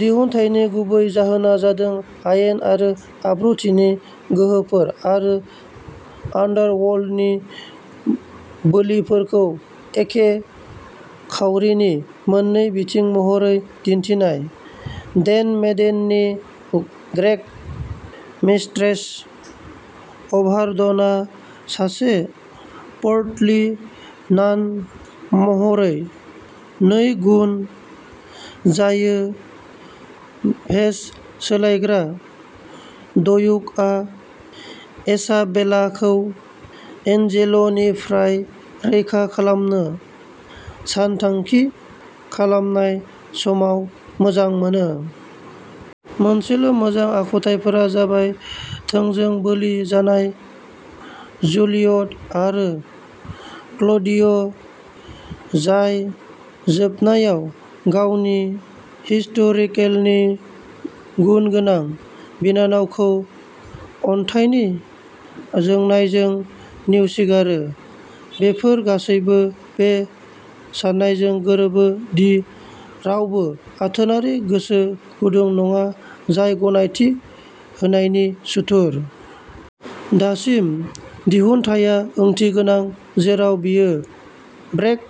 दिहुनथायनि गुबै जाहोना जादों आयेन आरो आब्रुथिनि गोहोफोर आरो आन्डारवर्ल्डनि बोलिफोरखौ एखे खावरिनि मोन्नै बिथिं महरै दिन्थिनाय। डेन मेडेननि ग्रेग मिस्ट्रेस अभारडनआ सासे पोर्टलि नान महरै नैगुन जायो भेस सोलायग्रा ड्युकआ इसाबेलाखौ एन्जेल'निफ्राय रैखा खालामनो सानथांखि खालामनाय समाव मोजां मोनो। मोनसेल'मोजां आखुफोरा जाबाय थोंजों बोलि जानाय जुलियट आरो क्ल'डिय जाय जोबनायाव गावनि हिस्टेरिकेलि गुनगोनां बिनानावखौ अन्थाइनि जोंनायजों नेवसिगारो। बेफोर गासैबो बे साननायजों गोरोबो दि रावबो आथोनारि गोसो गुदुं नङा जाय गनायथि होनायनि सुथुर। दासिम, दिहुनथाया ओंथिगोनां जेराव बियो ब्रेक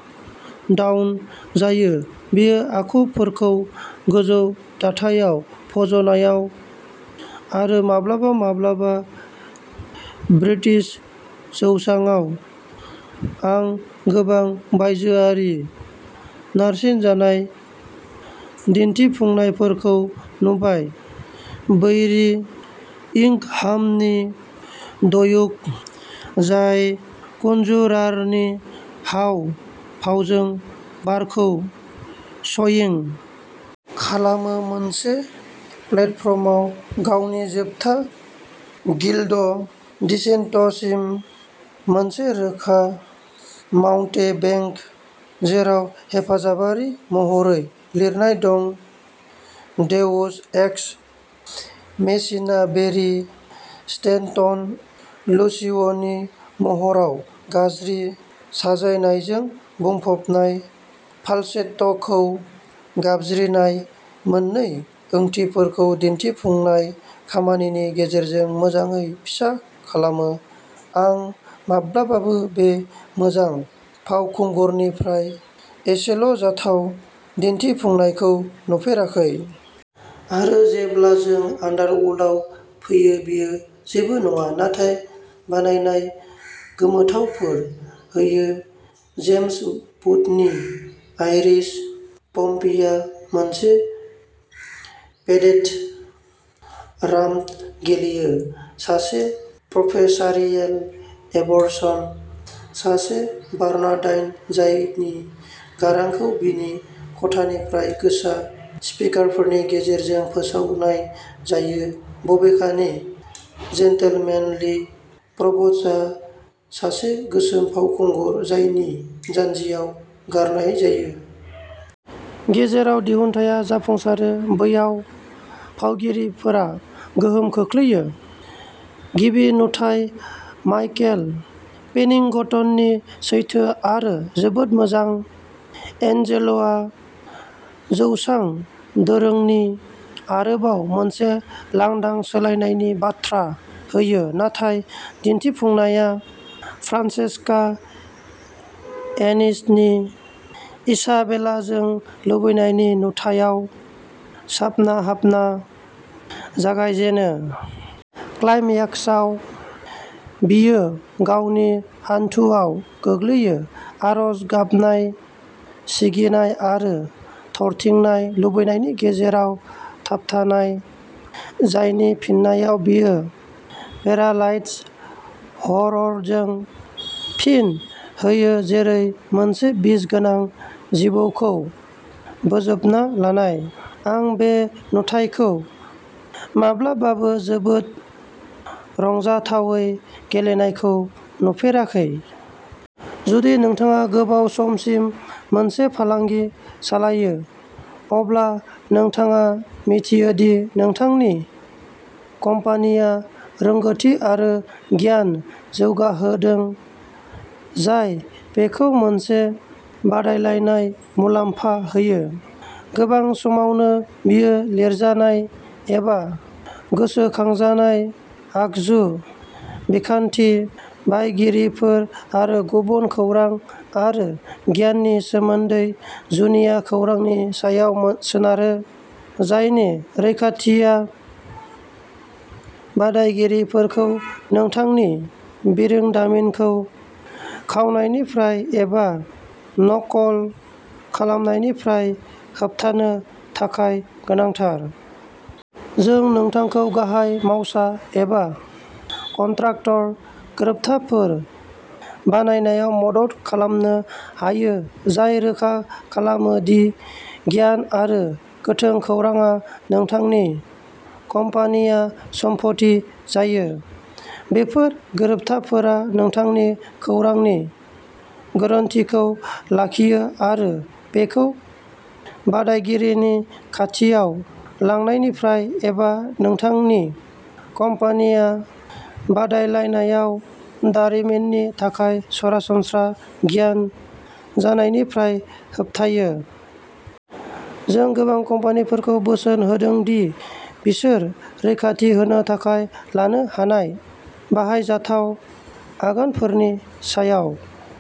डाउन जायो बेयो आखुफोरखौ गोजौ दाथायाव फज'नायाव; आरो माब्लाबा माब्लाबा ब्रिटिस जौस्राङाव आं गोबां बायजोआरि नारसिनजानाय दिन्थिफुंनायफोरखौ नुबाय। बैरी इंगहामनि ड्युक, जाय कनज्युरारनि हाव भावजों बारखौ स'यिं खालामो मोनसे प्लेटफर्मआव गावनि जोबथा गिल्डड डिसेन्टसिम मोनसे रोखा माउन्टेबेंक जेराव हेफाजाबारि महरै लिरनाय दं देउस एक्स मेचिना बेरि स्टेनटन लुसिय'नि महराव गाज्रि साजायनायजों बुंफबनाय फाल्सेट्ट'खौ गाबज्रिनाय मोननै ओंथिफोरखौ दिनथिफुंनाय खामानिनि गेजेरजों मोजाङै फिसा खालामो आं माब्लाबाबो बे मोजां फावखुंगुरनिफ्राय एसेल'जाथाव दिन्थिफुंनायखौ नुफेराखै। आरो जेब्ला जों आन्डारवर्ल्डआव फैयो बेयो जेबो नङा नाथाय बानायनाय गोमोथावफोर होयो जेम्स बुथनि आइरिश पम्पीआ मोनसे पेडेटि राम्प गेलेयो सासे प्रफेसारियेल एबरसन, सासे बार्नाडाइन जायनि गारांखौ बिनि खथानिफ्राय गोसा स्पिकारफोरनि गेजेरजों फोसावनाय जायो बबेखानि जेन्टेलमेनलि प्रभस्टआ सासे गोसोम फावखुंगुर जायनि जान्जियाव गारनाय जायो। जेराव दिहुनथाया जाफुंसारो, बैयाव फावगिरिफोरा गोहोम खोख्लैयो। गिबि नुथायाव माइकेल पेनिंगटननि सैथो आरो जोबोद मोजां एन्जेल'आ जौस्रां दोरोंनि आरोबाव मोनसे लांदां सोलायनायनि बाथ्रा होयो नाथाय दिन्थिफुंनाया फ्रान्सेस्का एनिसनि इसाबेलाजों लुबैनायनि नुथायाव साबना-हामना जागायजेनो। क्लाइम्याक्सआव बियो गावनि हान्थुआव गोग्लैयो, आरज गाबनाय सिगिनाय आरो थरथिंनाय लुबैनायनि गेजेराव थाबथानान जायनि फिननायाव बियो पेरालाइज्ड हररजों फिन होयो जेरै मोनसे बिसगोनां जिबौखौ बोजबना लानाय। आं बे नुथायखौ माब्लाबाबो जोबोद रंजाथावै गेलेनायखौ नुफेराखै। जुदि नोंथाङा गोबाव समसिम मोनसे फालांगि सालायो अब्ला नोंथाङा मिन्थियो दि नोंथांनि कम्पानिया रोंग'थि आरो गियान जौगाहोदों जाय बेखौ मोनसे बादायलायनाय मुलाम्फा होयो। गोबां समावनो बेयो लिरजानाय एबा गोसोखांजानाय आगजु, बिखान्थि, बायगिरिफोर, आरो गुबुन खौरां आरो गियाननि सोमोन्दै जुनिया खौरांनि सायाव सोनारो जायनि रैखाथिआ बादायगिरिफोरखौ नोंथांनि बिरोंदामिनखौ खावनायनिफ्राय एबा नकल खालामनायनिफ्राय होबथानो थाखाय गोनांथार। जों नोंथांखौ गाहाय मावसा एबा कन्ट्राक्टर गोरोबथाफोर बानायनायाव मदद खालामनो हायो जाय रोखा खालामो दि गियान आरो गोथों खौरांआ नोंथांनि कम्पानिया सम्पथि जायो। बेफोर गोरोबथाफोरा नोंथांनि खौरांनि गोरोनथिखौ लाखियो आरो बेखौ बादायगिरिनि खाथियाव लांनायनिफ्राय एबा नोंथांनि कम्पानिया बादायलायनायाव दारिमिननि थाखाय सरासनस्रा गियान जानायनिफ्राय होबथायो। जों गोबां कम्पानिफोरखौ बोसोन होदों दि बिसोर रैखाथि होनो थाखाय लानो हानाय बाहायजाथाव आगानफोरनि सायाव।